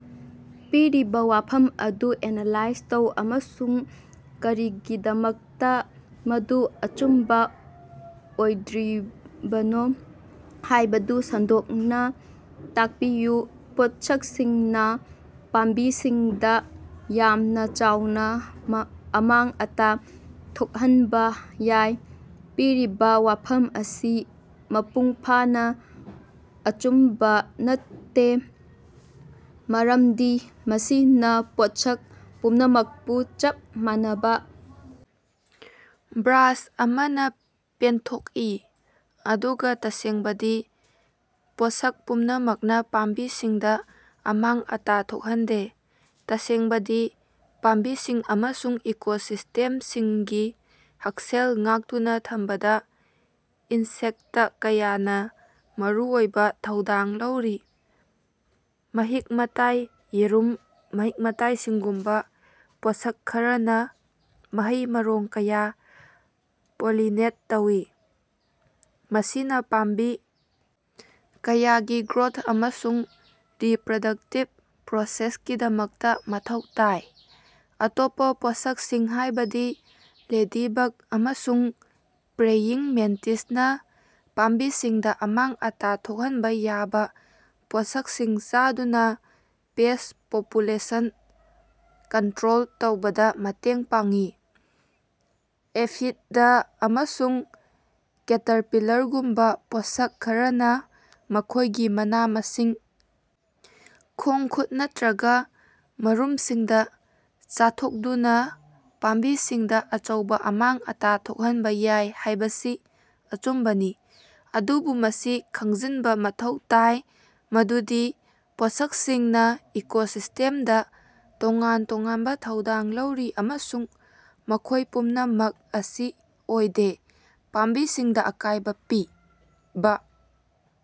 ꯄꯤꯔꯤꯕ ꯋꯥꯐꯝ ꯑꯗꯨ ꯑꯦꯅꯥꯂꯥꯏꯖ ꯇꯧ ꯑꯃꯁꯨꯡ ꯀꯔꯤꯒꯤꯗꯃꯛꯇꯥ ꯃꯗꯨ ꯑꯆꯨꯝꯕ ꯑꯣꯏꯗ꯭ꯔꯤꯕꯅꯣ ꯍꯥꯏꯕꯗꯨ ꯁꯟꯗꯣꯛꯅꯥ ꯇꯥꯛꯄꯤꯌꯨ꯫ ꯄꯣꯠꯁꯛꯁꯤꯡꯅꯥ ꯄꯥꯝꯕꯤꯁꯤꯡꯗꯥ ꯌꯥꯝꯅ ꯆꯥꯎꯅ ꯑꯃꯥꯡ-ꯑꯇꯥ ꯊꯣꯛꯍꯟꯕ ꯌꯥꯏ꯫ ꯄꯤꯔꯤꯕ ꯋꯥꯐꯝ ꯑꯁꯤ ꯃꯄꯨꯡ ꯐꯥꯅꯥ ꯑꯆꯨꯝꯕ ꯅꯠꯇꯦ, ꯃꯔꯝꯗꯤ ꯃꯁꯤꯅꯥ ꯄꯣꯠꯁꯛ ꯄꯨꯝꯅꯃꯛꯄꯨ ꯆꯞ ꯃꯥꯟꯅꯕ ꯕ꯭ꯔꯥꯁ ꯑꯃꯅꯥ ꯄꯦꯟꯊꯣꯛꯏ ꯑꯗꯨꯒꯥ ꯇꯁꯦꯡꯕꯗꯤ, ꯄꯣꯠꯁꯛ ꯄꯨꯝꯅꯃꯛꯅꯥ ꯄꯥꯝꯕꯤꯁꯤꯡꯗꯥ ꯑꯃꯥꯡ-ꯑꯇꯥ ꯊꯣꯛꯍꯟꯗꯦ꯫ ꯇꯁꯦꯡꯕꯗꯤ, ꯄꯥꯝꯕꯤꯁꯤꯡ ꯑꯃꯁꯨꯡ ꯏꯀꯣꯁꯤꯁ꯭ꯇꯦꯃꯁꯤꯡꯒꯤ ꯍꯛꯁꯦꯜ ꯉꯥꯛꯇꯨꯅꯥ ꯊꯝꯕꯗꯥ ꯏꯟꯁꯦꯛꯇ ꯀꯌꯥꯅꯥ ꯃꯔꯨꯑꯣꯏꯕ ꯊꯧꯗꯥꯡ ꯂꯧꯔꯤ꯫ ꯃꯍꯤꯛ-ꯃꯇꯥꯏ, ꯌꯦꯔꯨꯝ, ꯃꯍꯤꯛ-ꯃꯇꯥꯏꯁꯤꯡꯒꯨꯝꯕ ꯄꯣꯠꯁꯛ ꯈꯔꯅꯥ ꯃꯍꯩ-ꯃꯔꯣꯡ ꯀꯌꯥ ꯄꯣꯂꯤꯅꯦꯠ ꯇꯧꯏ, ꯃꯁꯤꯅꯥ ꯄꯥꯝꯕꯤ ꯀꯌꯥꯒꯤ ꯒ꯭ꯔꯣꯊ ꯑꯃꯁꯨꯡ ꯔꯤꯞꯔꯗꯛꯇꯤꯚ ꯄ꯭ꯔꯣꯁꯦꯁꯀꯤꯗꯃꯛꯇꯥ ꯃꯊꯧ ꯇꯥꯏ꯫ ꯑꯇꯣꯞꯄꯥ ꯄꯣꯠꯁꯛꯁꯤꯡ, ꯍꯥꯏꯕꯗꯤ ꯂꯦꯗꯤꯕꯛ ꯑꯃꯁꯨꯡ ꯄ꯭ꯔꯦꯌꯤꯡ ꯃꯦꯟꯇꯤꯁꯅꯥ ꯄꯥꯝꯕꯤꯁꯤꯡꯗꯥ ꯑꯃꯥꯡ-ꯑꯇꯥ ꯊꯣꯛꯍꯟꯕ ꯌꯥꯕ ꯄꯣꯠꯁꯛꯁꯤꯡ ꯆꯥꯗꯨꯅꯥ ꯄꯦꯁ꯭ꯠ ꯄꯣꯄꯨꯂꯦꯁꯟ ꯀꯟꯠꯔꯣꯜ ꯇꯧꯕꯗꯥ ꯃꯇꯦꯡ ꯄꯥꯡꯏ꯫ ꯑꯦꯐꯤꯗ ꯑꯃꯁꯨꯡ ꯀꯦꯇꯔꯄꯤꯂꯔꯒꯨꯝꯕ ꯄꯣꯠꯁꯛ ꯈꯔꯅꯥ ꯃꯈꯣꯏꯒꯤ ꯃꯅꯥ-ꯃꯁꯤꯡ, ꯈꯣꯡ-ꯈꯨꯠ ꯅꯠꯇ꯭ꯔꯒꯥ ꯃꯔꯨꯝꯁꯤꯡꯗꯥ ꯆꯥꯊꯣꯛꯗꯨꯅꯥ ꯄꯥꯝꯕꯤꯁꯤꯡꯗꯥ ꯑꯆꯧꯕꯥ ꯑꯃꯥꯡ-ꯑꯇꯥ ꯊꯣꯛꯍꯟꯕ ꯌꯥꯏ ꯍꯥꯏꯕꯁꯤ ꯑꯆꯨꯝꯕꯅꯤ, ꯑꯗꯨꯕꯨ ꯃꯁꯤ ꯈꯪꯖꯤꯟꯕꯥ ꯃꯊꯧ ꯇꯥꯏ ꯃꯗꯨꯗꯤ ꯄꯣꯠꯁꯛꯁꯤꯡꯅꯥ ꯏꯀꯣꯁꯤꯁ꯭ꯇꯦꯃꯗꯥ ꯇꯣꯉꯥꯟ ꯇꯣꯉꯥꯟꯕ ꯊꯧꯗꯥꯡ ꯂꯧꯔꯤ ꯑꯃꯁꯨꯡ ꯃꯈꯣꯏ ꯄꯨꯝꯅꯃꯛ ꯑꯁꯤ ꯑꯣꯏꯗꯦ꯫ ꯄꯥꯝꯕꯤꯁꯤꯡꯗꯥ ꯑꯀꯥꯏꯕ ꯄꯤꯕ꯫